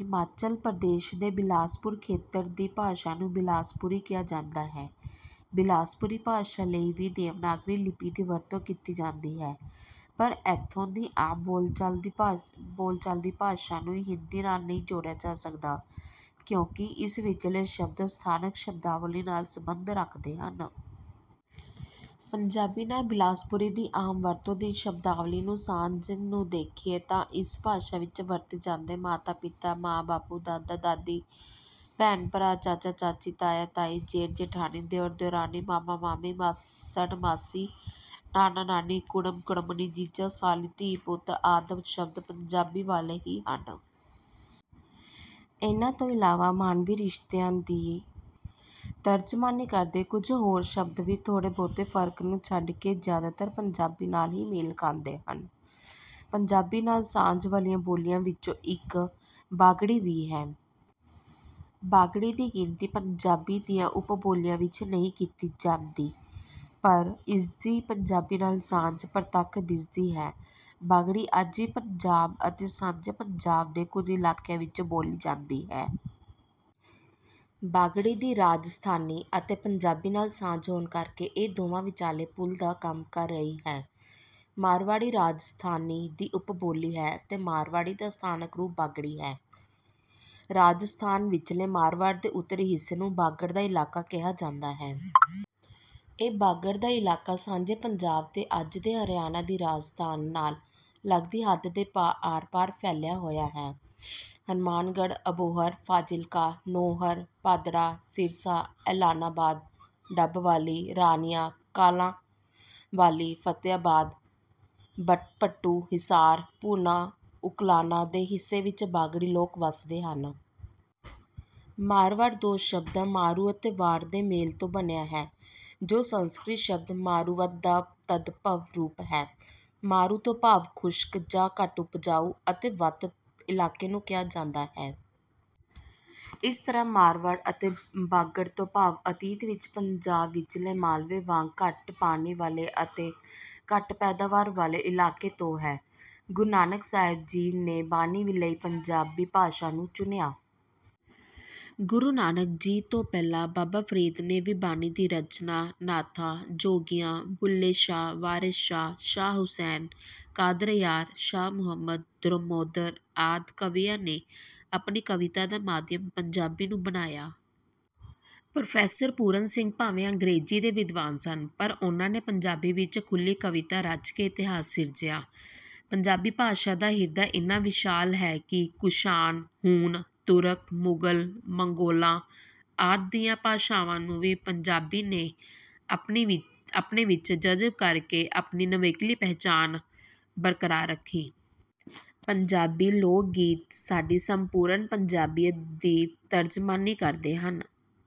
ਹਿਮਾਚਲ ਪ੍ਰਦੇਸ਼ ਦੇ ਬਿਲਾਸਪੁਰ ਖੇਤਰ ਦੀ ਭਾਸ਼ਾ ਨੂੰ ਬਿਲਾਸਪੁਰੀ ਕਿਹਾ ਜਾਂਦਾ ਹੈ। ਬਿਲਾਸਪੁਰੀ ਭਾਸ਼ਾ ਲਈ ਵੀ ਦੇਵਨਾਗਰੀ ਲਿਪੀ ਦੀ ਵਰਤੋਂ ਕੀਤੀ ਜਾਂਦੀ ਹੈ ਪਰ ਇੱਥੋਂ ਦੀ ਆਮ ਬੋਲਚਾਲ ਦੀ ਭਾਸ਼ਾ ਨੂੰ ਹਿੰਦੀ ਨਾਲ਼ ਨਹੀਂ ਜੋੜਿਆ ਜਾ ਸਕਦਾ ਕਿਉਂਕਿ ਇਸ ਵਿਚਲੇ ਸ਼ਬਦ ਸਥਾਨਕ ਸ਼ਬਦਾਵਲੀ ਨਾਲ਼ ਸੰਬੰਧ ਰੱਖਦੇ ਹਨ। ਪੰਜਾਬੀ ਨਾਲ਼ ਬਿਲਾਸਪੁਰੀ ਦੀ ਆਮ ਵਰਤੋਂ ਦੀ ਸ਼ਬਦਾਵਲੀ ਦੀ ਸਾਂਝ ਨੂੰ ਦੇਖੀਏ ਤਾਂ ਇਸ ਭਾਸ਼ਾ ਵਿੱਚ ਵਰਤੇ ਜਾਂਦੇ ਮਾਤਾ-ਪਿਤਾ, ਮਾਂ-ਬਾਪੂ, ਦਾਦਾ-ਦਾਦੀ, ਭੈਣ-ਭਰਾ, ਚਾਚਾ-ਚਾਚੀ, ਤਾਇਆ-ਤਾਈ, ਜੇਠ-ਜੇਠਾਣੀ, ਦਿਓਰ-ਦਿਓਰਾਣੀ, ਮਾਮਾ-ਮਾਮੀ, ਮਾਸੜ-ਮਾਸੀ, ਨਾਨਾ -ਨਾਨੀ, ਕੁੜਮ-ਕੁੜਮਣੀ, ਜੀਜਾ-ਸਾਲੀ, ਧੀ-ਪੁੱਤ ਆਦਿ ਸ਼ਬਦ ਪੰਜਾਬੀ ਵਾਲ਼ੇ ਹੀ ਹਨ। ਇਨ੍ਹਾਂ ਤੋਂ ਇਲਾਵਾ ਮਾਨਵੀ ਰਿਸ਼ਤਿਆਂ ਦੀ ਤਰਜਮਾਨੀ ਕਰਦੇ ਕੁਝ ਹੋਰ ਸ਼ਬਦ ਵੀ ਥੋੜ੍ਹੇ-ਬਹੁਤੇ ਫ਼ਰਕ ਨੂੰ ਛੱਡ ਕੇ ਜ਼ਿਆਦਾਤਰ ਪੰਜਾਬੀ ਨਾਲ਼ ਹੀ ਮੇਲ ਖਾਂਦੇ ਹਨ। ਪੰਜਾਬੀ ਨਾਲ਼ ਸਾਂਝ ਵਾਲ਼ੀਆਂ ਬੋਲੀਆਂ ਵਿੱਚੋਂ ਇੱਕ 'ਬਾਗੜੀ' ਵੀ ਹੈ। ਬਾਗੜੀ ਦੀ ਗਿਣਤੀ ਪੰਜਾਬੀ ਦੀਆਂ ਉੱਪ-ਬੋਲੀਆਂ ਵਿੱਚ ਨਹੀਂ ਕੀਤੀ ਜਾਂਦੀ ਪਰ ਇਸ ਦੀ ਪੰਜਾਬੀ ਨਾਲ਼ ਸਾਂਝ ਪ੍ਰਤੱਖ ਦਿਸਦੀ ਹੈ। ਬਾਗੜੀ ਅੱਜ ਵੀ ਪੰਜਾਬ ਅਤੇ ਸਾਂਝੇ ਪੰਜਾਬ ਦੇ ਕੁਝ ਇਲਾਕਿਆਂ ਵਿੱਚ ਬੋਲੀ ਜਾਂਦੀ ਹੈ। ਬਾਗੜੀ ਦੀ ਰਾਜਸਥਾਨੀ ਅਤੇ ਪੰਜਾਬੀ ਨਾਲ਼ ਸਾਂਝ ਹੋਣ ਕਰਕੇ ਇਹ ਦੋਵਾਂ ਵਿਚਾਲੇ ਪੁਲ਼ ਦਾ ਕੰਮ ਕਰ ਰਹੀ ਹੈ। ਮਾਰਵਾੜੀ, ਰਾਜਸਥਾਨੀ ਦੀ ਉੱਪ-ਬੋਲੀ ਹੈ ਤੇ ਮਾਰਵਾੜੀ ਦਾ ਸਥਾਨਕ ਰੂਪ ਬਾਗੜੀ ਹੈ। ਰਾਜਸਥਾਨ ਵਿਚਲੇ ਮਾਰਵਾੜ ਦੇ ਉੱਤਰੀ ਹਿੱਸੇ ਨੂੰ ਬਾਗੜ ਦਾ ਇਲਾਕਾ ਕਿਹਾ ਜਾਂਦਾ ਹੈ। ਇਹ ਬਾਗੜ ਦਾ ਇਲਾਕਾ ਸਾਂਝੇ ਪੰਜਾਬ ਤੇ ਅੱਜ ਦੇ ਹਰਿਆਣਾ ਦੀ ਰਾਜਸਥਾਨ ਨਾਲ਼ ਲੱਗਦੀ ਹੱਦ ਦੇ ਆਰ-ਪਾਰ ਫੈਲਿਆ ਹੋਇਆ ਹੈ। ਹਨੂਮਾਨਗੜ੍ਹ, ਅਬਹੋਰ, ਫ਼ਾਜ਼ਿਲਕਾ, ਨੌਹਰ, ਭਾਦਰਾ, ਸਿਰਸਾ, ਐਲਨਾਬਾਦ, ਡੱਬਵਾਲੀ, ਰਾਣੀਆਂ, ਕਾਲਾਂਵਾਲੀ, ਫ਼ਤਿਆਬਾਦ, ਭੱਟੂ, ਹਿਸਾਰ, ਭੂਨਾ, ਉਕਲਾਨਾ ਦੇ ਹਿੱਸੇ ਵਿੱਚ ਬਾਗੜੀ ਲੋਕ ਵਸਦੇ ਹਨ। 'ਮਾਰਵਾੜ' ਦੋ ਸ਼ਬਦਾਂ ਮਾਰੂ ਅਤੇ ਵਾੜ ਦੇ ਮੇਲ ਤੋਂ ਬਣਿਆ ਹੈ ਜੋ ਸੰਸਕ੍ਰਿਤ ਸ਼ਬਦ 'ਮਾਰੂਵਤ' ਦਾ ਤਦਭਵ ਰੂਪ ਹੈ। 'ਮਾਰੂ' ਤੋਂ ਭਾਵ ਖੁਸ਼ਕ ਜਾਂ ਘੱਟ ਉਪਜਾਊ ਅਤੇ 'ਵਤ' ਇਲਾਕੇ ਨੂੰ ਕਿਹਾ ਜਾਂਦਾ ਹੈ। ਇਸ ਤਰ੍ਹਾਂ ਮਾਰਵਾੜ ਅਤੇ ਬਾਗੜ ਤੋਂ ਭਾਵ ਅਤੀਤ ਵਿੱਚ ਪੰਜਾਬ ਵਿਚਲੇ ਮਾਲਵੇ ਵਾਂਗ ਘੱਟ ਪਾਣੀ ਵਾਲ਼ੇ ਅਤੇ ਘੱਟ ਪੈਦਾਵਾਰ ਵਾਲ਼ੇ ਇਲਾਕੇ ਤੋਂ ਹੈ। ਗੂਰੂ ਨਾਨਕ ਸਾਹਿਬ ਜੀ ਨੇ ਬਾਣੀ ਲਈ ਪੰਜਾਬੀ ਭਾਸ਼ਾ ਨੂੰ ਚੁਣਿਆ। ਗੁਰੂ ਨਾਨਕ ਜੀ ਤੋਂ ਪਹਿਲਾਂ ਬਾਬਾ ਫ਼ਰੀਦ ਨੇ ਵੀ ਬਾਣੀ ਦੀ ਰਚਨਾ, ਨਾਥਾਂ, ਜੋਗੀਆਂ, ਬੁੱਲ੍ਹੇ ਸ਼ਾਹ, ਵਾਰਿਸ ਸ਼ਾਹ, ਸ਼ਾਹ ਹੁਸੈਨ, ਕ਼ਾਦਰਯਾਰ, ਸ਼ਾਹ ਮੁਹੰਮਦ, ਦਮੋਦਰ ਆਦਿ ਕਵੀਆਂ ਨੇ ਆਪਣੀ ਕਵਿਤਾ ਦਾ ਮਾਧਿਅਮ ਪੰਜਾਬੀ ਨੂੰ ਬਣਾਇਆ। ਪ੍ਰੋ. ਪੂਰਨ ਸਿੰਘ ਭਾਵੇਂ ਅੰਗਰੇਜ਼ੀ ਦੇ ਵਿਦਵਾਨ ਸਨ ਪਰ ਉਨ੍ਹਾਂ ਨੇ ਪੰਜਾਬੀ ਵਿੱਚ ਖੁੱਲ੍ਹੀ ਕਵਿਤਾ ਰਚ ਕੇ ਇਤਿਹਾਸ ਸਿਰਜਿਆ। ਪੰਜਾਬੀ ਭਾਸ਼ਾ ਦਾ ਹਿਰਦਾ ਇੰਨਾ ਵਿਸ਼ਾਲ ਹੈ ਕਿ ਕੁਸ਼ਾਨ, ਹੂਣ, ਤੁਰਕ, ਮੁਗ਼ਲ, ਮੰਗੋਲਾਂ ਆਦਿ ਦੀਆਂ ਭਾਸ਼ਾਵਾਂ ਨੂੰ ਵੀ ਪੰਜਾਬੀ ਨੇ ਆਪਣੇ ਵਿੱਚ ਜਜ਼ਬ ਕਰ ਕੇ ਆਪਣੀ ਨਿਵੇਕਲੀ ਪਛਾਣ ਬਰਕਰਾਰ ਰੱਖੀ। ਪੰਜਾਬੀ ਲੋਕ ਗੀਤ ਸਾਡੀ ਸੰਪੂਰਨ ਪੰਜਾਬੀਅਤ ਦੀ ਤਰਜਮਾਨੀ ਕਰਦੇ ਹਨ।